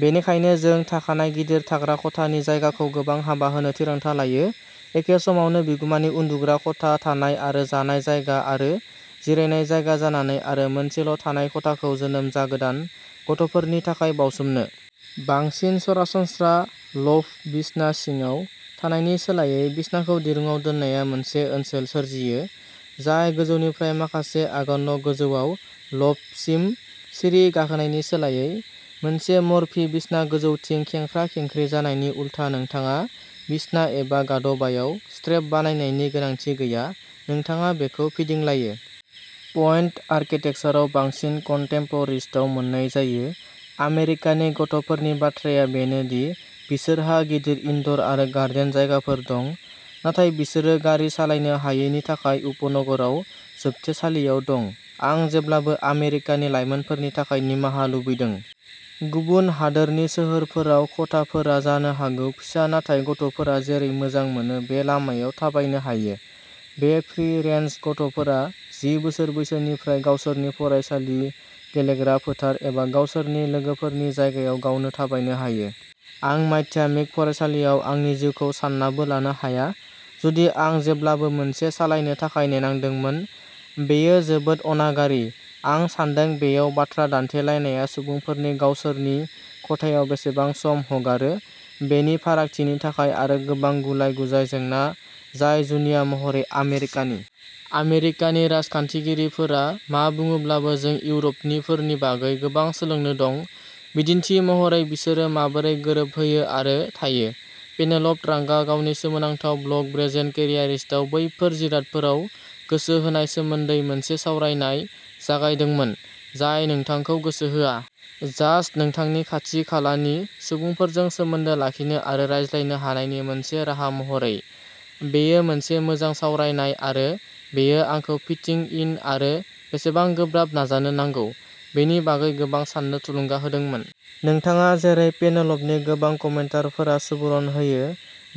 बेनिखायनो जों थाखानाय गिदिर थाग्रा खथानि जायगाखौ गोबां हाबा होनो थिरांथा लायो, एखे समावनो बिगुमानि उन्दुग्रा खथा, थानाय आरो जानाय जायगा आरो जिरायनाय जायगा जानानै आरो मोनसेल' थानाय खथाखौ जोनोम जागोदान गथ'फोरनि थाखाय बावसोमनो। बांसिन सरासनस्रा लफ्ट बिसना सिङाव थानायनि सोलायै, बिसनाखौ दिरुंआव दोननाया मोनसे ओनसोल सोरजियो जाय गोजौनिफ्राय माखासे आगानल' गोजौआव, लफ्टसिम सिरि गाखोनायनि सोलायै। मोनसे मर्फी बिसना गोजौथिं खेंख्रा खेंख्रि जानायनि उलथा, नोंथाङा बिसना एबा गादबायाव स्ट्रेप बानायनायनि गोनांथि गैया, नोंथाङा बेखौ फिदिंलायो। पइन्ट आर्किटेकसाराव बांसिन, कन्टेम्प'रिस्टआव मोन्नाय जायो। आमेरिकानि गथ'फोरनि बाथ्राया बेनो दि बिसोरहा गिदिर इनड'र आरो गार्डेन जायगाफोर दं, नाथाय बिसोरो गारि सालायनो हायैनि थाखाय उपनगराव जोबथेसालियाव दं। आं जेब्लाबो आमेरिकानि लाइमोनफोरनि थाखाय निमाहा लुबैदों। गुबुन हादोरनि सोहोरफोराव, खथाफोरा जानो हागौ फिसा नाथाय गथ'फोरा जेरै मोजां मोनो बे लामायाव थाबायनो हायो। बे फ्रि रेन्ज गथ'फोरा जि बोसोर बैसोनिफ्राय गावसोरनि फरायसालि, गेलेग्रा फोथार एबा गावसोरनि लोगोफोरनि जायगायाव गावनो थाबायनो हायो। आं माध्यमिक फरायसालियाव आंनि जिउखौ साननाबो लानो हाया, जुदि आं जेब्लाबो मोनसे सालायनो थाखाय नेनांदोंमोन! बेयो जोबोद अनागारि! आं सान्दों बेयाव बाथ्रा दान्थेलायनाया सुबुंफोरनि गावसोरनि खथायाव बेसेबां सम हगारो बेनि फारागथिनि थाखाय, आरो गोबां गुलाय गुजाय जेंना जाय जुनिया महरै आमेरिकानि। आमेरिकानि राजखान्थिगिरिफोरा मा बुङोब्लाबो, जों इउर'पनिफोरनि बागै गोबां सोलोंनो दं। बिदिन्थि महरै, बिसोरो माबोरै गोरोबहोयो आरो थायो। पेनेल'प ट्रांकआ गावनि सोमोनांथाव ब्लग ब्रेजेन केरियारिस्टआव, बैफोर जिरादफोराव गोसो होनाय सोमोन्दै मोनसे सावरायनाय जागायदोंमोन, जाय नोंथांखौ गोसो होआ। जास्ट नोंथांनि खाथि खालानि सुबुंफोरजों सोमोन्दो लाखिनो आरो रायज्लायनो हानायनि मोनसे राहा महरै। बेयो मोनसे मोजां सावरायनाय, आरो बेयो आंखौ फिटिं इन आरो बेसेबां गोब्राब नाजानो नांगौ बेनि बागै गोबां साननो थुलुंगा होदोंमोन। नोंथाङा, जेरै पेनेल'पनि गोबां कमेन्टारफोरा सुबुरुन होयो,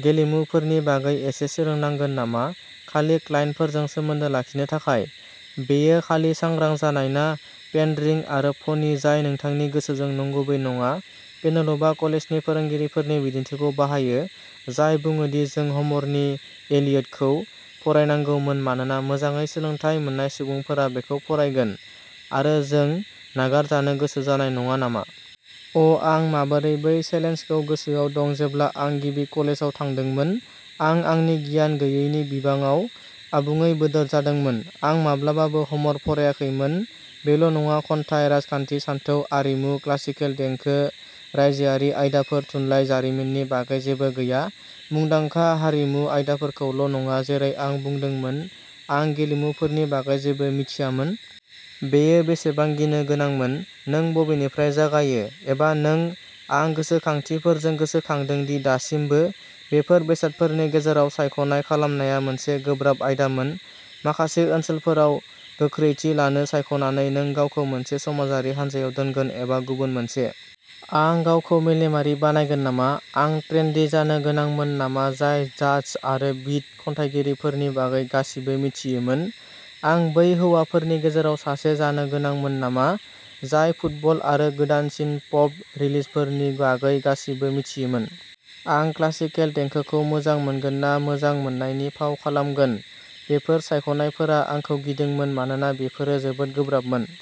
गेलेमुफोरनि बागै एसे सोलोंनांगोन नामा खालि क्लाइन्टफोरजों सोमोन्दो लाखिनो थाखाय? बेयो खालि सांग्रां जानाय ना पेन्डरिंग आरो फ'नि जाय नोंथांनि गोसोजों नंगुबै नङा? पेनेल'पआ कलेजनि फोरोंगिरिफोरनि बिदिन्थिखौ बाहायो, जाय बुङो दि जों ह'मरनि इलियडखौ फरायनांगौमोन मानोना मोजाङै सोलोंथाय मोननाय सुबुंफोरा बेखौ फरायगोन, आरो जों नागारजानो गोसो जानाय नङा नामा? अ, आं माबोरै बै चेलेन्जखौ गोसोआव दं जेब्ला आं गिबि कलेजाव थांदोंमोन! आं आंनि गियान गैयिनि बिबाङाव आबुङै बोदोर जादोंमोन। आं माब्लाबाबो ह'मर फरायाखैमोन बेल' नङा खन्थाइ, राजखान्थि, सानथौ, आरिमु, क्लासिकेल देंखो, रायजोआरि आयदाफोर, थुनलाइ, जारिमिननि बागै जेबो गैया, मुंदांखा हारिमु आयदाफोरखौल' नङा जेरै आं बुंदोंमोन, आं गेलेमुफोरनि बागै जेबो मिथियामोन। बेयो बेसेबां गिनो गोनांमोन! नों बबेनिफ्राय जागायो? एबा नों? आं गोसोखांथिफोरजों गोसोखांदों दि दासिमबो, बेफोर बेसादफोरनि गेजेराव सायख'नाय खालामनाया मोनसे गोब्राब आयदामोन। माखासे ओनसोलफोराव' गोख्रैथि लानो सायख'नानै, नों गावखौ मोनसे समाजारि हानजायाव दोनगोन एबा गुबुन मोनसे। आं गावखौ मेलेमारि बानायगोन नामा? आं ट्रेन्डी जानो गोनांमोन नामा जाय जाज आरो बिट खन्थाइगिरिफोरनि बागै गासिबो मिथियोमोन? आं बै हौवाफोरनि गेजेराव सासे जानो गोनांमोन नामा जाय फुटबल आरो गोदानसिन पप रिलिजफोरनि बागै गासिबो मिथियोमोन? आं क्लासिकेल देंखोखौ मोजां मोनगोन ना मोजां मोननायनि फाव खालामगोन? बेफोर सायख'नायफोरा आंखौ गिदोंमोन मानोना बेफोरो जोबोद गोब्राबमोन।